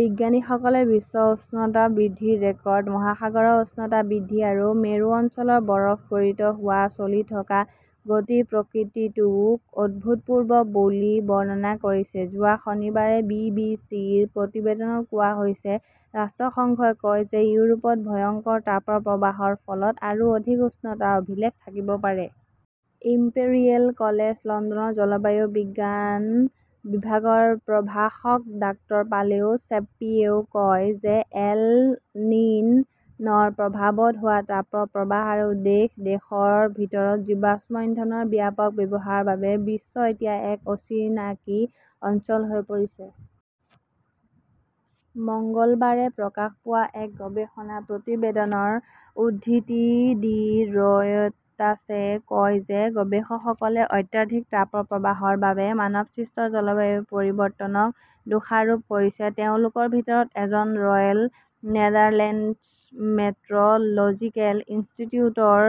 বিজ্ঞানীসকলে বিশ্ব উষ্ণতা বৃদ্ধিৰ ৰেকৰ্ড, মহাসাগৰৰ উষ্ণতা বৃদ্ধি আৰু মেৰু অঞ্চলৰ বৰফ গলিত হোৱাৰ চলি থকা গতি-প্ৰকৃতিটোক "অভূতপূৰ্ব" বুলি বৰ্ণনা কৰিছে, যোৱা শনিবাৰে বি. বি. চি. -ৰ প্ৰতিবেদনত কোৱা হৈছে। ৰাষ্ট্ৰসংঘই কয় যে ইউৰোপত ভয়ংকৰ তাপপ্ৰবাহৰ ফলত আৰু অধিক উষ্ণতাৰ অভিলেখ থাকিব পাৰে। ইম্পেৰিয়েল কলেজ লণ্ডনৰ জলবায়ু বিজ্ঞান বিভাগৰ প্ৰভাষক ডাঃ পাওলো ছেপ্পিয়ে কয় যে এল নিন "ৰ প্ৰভাৱত হোৱা তাপপ্ৰবাহ আৰু দেশ-দেশৰ ভিতৰত জীৱাশ্ম ইন্ধনৰ ব্যাপক ব্যৱহাৰৰ বাবে 'বিশ্ব এতিয়া এক অচিনাকি অঞ্চল হৈ পৰিছে"। মঙলবাৰে প্ৰকাশ পোৱা এক গৱেষণা প্ৰতিবেদনৰ উদ্ধৃতি দি ৰয়টাৰ্ছে কয় যে গৱেষকসকলে অত্যাধিক তাপপ্ৰবাহৰ বাবে মানৱসৃষ্ট জলবায়ু পৰিৱৰ্তনক দোষাৰোপ কৰিছে। তেওঁলোকৰ ভিতৰত এজন ৰয়েল নেদাৰলেণ্ডছ মেট্ৰ "লজিকেল ইনষ্টিটিউটৰ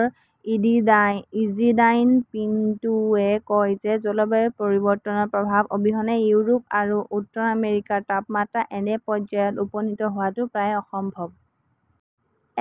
ইজিদাইন পিন্টোৱে কয় যে জলবায়ু পৰিৱৰ্তনৰ প্ৰভাৱ অবিহনে ইউৰোপ আৰু উত্তৰ আমেৰিকাৰ তাপমাত্ৰা এনে পৰ্যায়ত উপনীত হোৱাটো প্ৰায় অসম্ভৱ।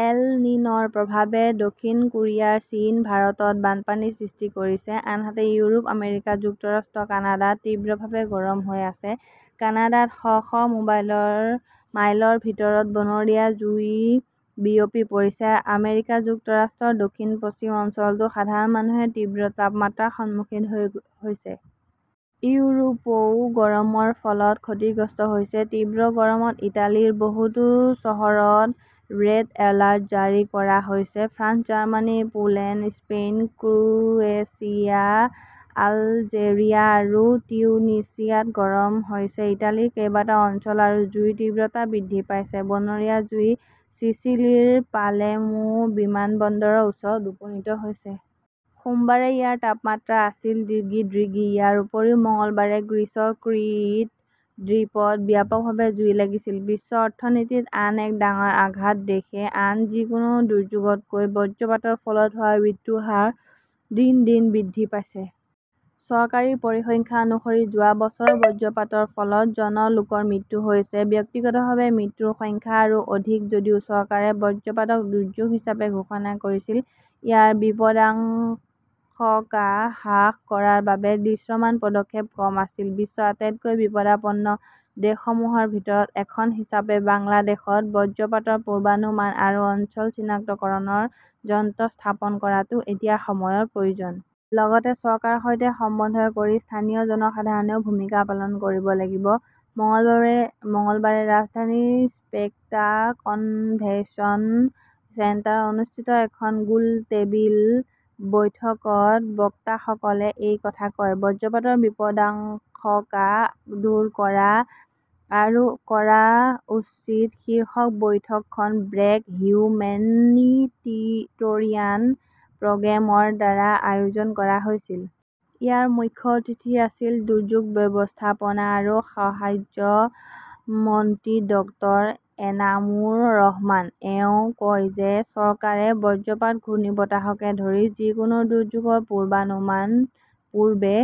এল নিন "ৰ প্ৰভাৱে দক্ষিণ কোৰিয়া, চীন, ভাৰতত বানপানীৰ সৃষ্টি কৰিছে। আনহাতে, ইউৰোপ, আমেৰিকা যুক্তৰাষ্ট্ৰ, কানাডাত তীব্ৰভাৱে গৰম হৈ আছে। কানাডাত শ শ মাইলৰ ভিতৰত বনৰীয়া জুই বিয়পি পৰিছে। আমেৰিকা যুক্তৰাষ্ট্ৰৰ দক্ষিণ-পশ্চিম অঞ্চলতো সাধাৰণ মানুহে তীব্ৰ তাপমাত্ৰাৰ সন্মুখীন হৈছে। ইউৰোপও গৰমৰ ফলত ক্ষতিগ্ৰস্ত হৈছে। তীব্ৰ গৰমত ইটালীৰ বহুতো চহৰত ৰেড এলাৰ্ট জাৰি কৰা হৈছে। France, Germany, Poland, Spain, Croatia, Algeria আৰু টিউনিছিয়াত গৰম হৈছে। ইটালীৰ কেইবাটাও অঞ্চলত জুইৰ তীব্ৰতা বৃদ্ধি পাইছে। বনৰীয়া জুই চিচিলিৰ পালেৰ্মো বিমানবন্দৰৰ ওচৰত উপনীত হৈছে। সোমবাৰে ইয়াৰ তাপমাত্ৰা আছিল ডিগ্ৰী ডিগ্ৰী। ইয়াৰ উপৰিও মঙলবাৰে গ্ৰীচৰ ক্ৰিট দ্বীপত ব্যাপকভাৱে জুই লাগিছিল। বিশ্ব অৰ্থনীতিত আন এক ডাঙৰ আঘাত দেশত আন যিকোনো দুৰ্যোগতকৈ বজ্ৰপাতৰ ফলত হোৱা মৃত্যুৰ হাৰ দিন দিন বৃদ্ধি পাইছে। চৰকাৰী পৰিসংখ্যা অনুসৰি যোৱা বছৰত বজ্ৰপাতৰ ফলত জন লোকৰ মৃত্যু হৈছে। ব্যক্তিগতভাৱে মৃত্যুৰ সংখ্যা আৰু অধিক। যদিও চৰকাৰে বজ্ৰপাতক দুৰ্যোগ হিচাপে ঘোষণা কৰিছিল, ইয়াৰ বিপদাশংকা হ্ৰাস কৰাৰ বাবে দৃশ্যমান পদক্ষেপ কম আছিল। বিশ্বৰ আটাইতকৈ বিপদাপন্ন দেশসমূহৰ ভিতৰত এখন হিচাপে বাংলাদেশত বজ্ৰপাতৰ পূৰ্বানুমান আৰু অঞ্চল চিনাক্তকৰণ যন্ত্ৰ স্থাপন কৰাটো এতিয়া সময়ৰ প্ৰয়োজন। লগতে চৰকাৰৰ সৈতে সমন্বয় কৰি স্থানীয় জনসাধাৰণেও ভূমিকা পালন কৰিব লাগিব। মঙলবাৰে ৰাজধানীৰ স্পেক্ট্ৰা কনভেনচন চেণ্টাৰত অনুষ্ঠিত এখন গোলটেবিল বৈঠকত বক্তাসকলে এই কথা কয়। 'বজ্ৰপাতৰ বিপদাশংকা দূৰ কৰা আৰু কৰা উচিত "শীৰ্ষক বৈঠকখন ব্ৰেক হিউমেনিটৰিয়ান প্ৰগ্ৰেমৰ দ্বাৰা আয়োজন কৰা হৈছিল। ইয়াৰ মুখ্য অতিথি আছিল দুৰ্যোগ ব্যৱস্থাপনা আৰু সাহায্য মন্ত্ৰী ড। এনামুৰ ৰহমান। তেওঁ কয় যে চৰকাৰে বজ্ৰপাত, ঘূৰ্ণীবতাহকে ধৰি যিকোনো দুৰ্যোগৰ পূৰ্বানুমান পূৰ্বে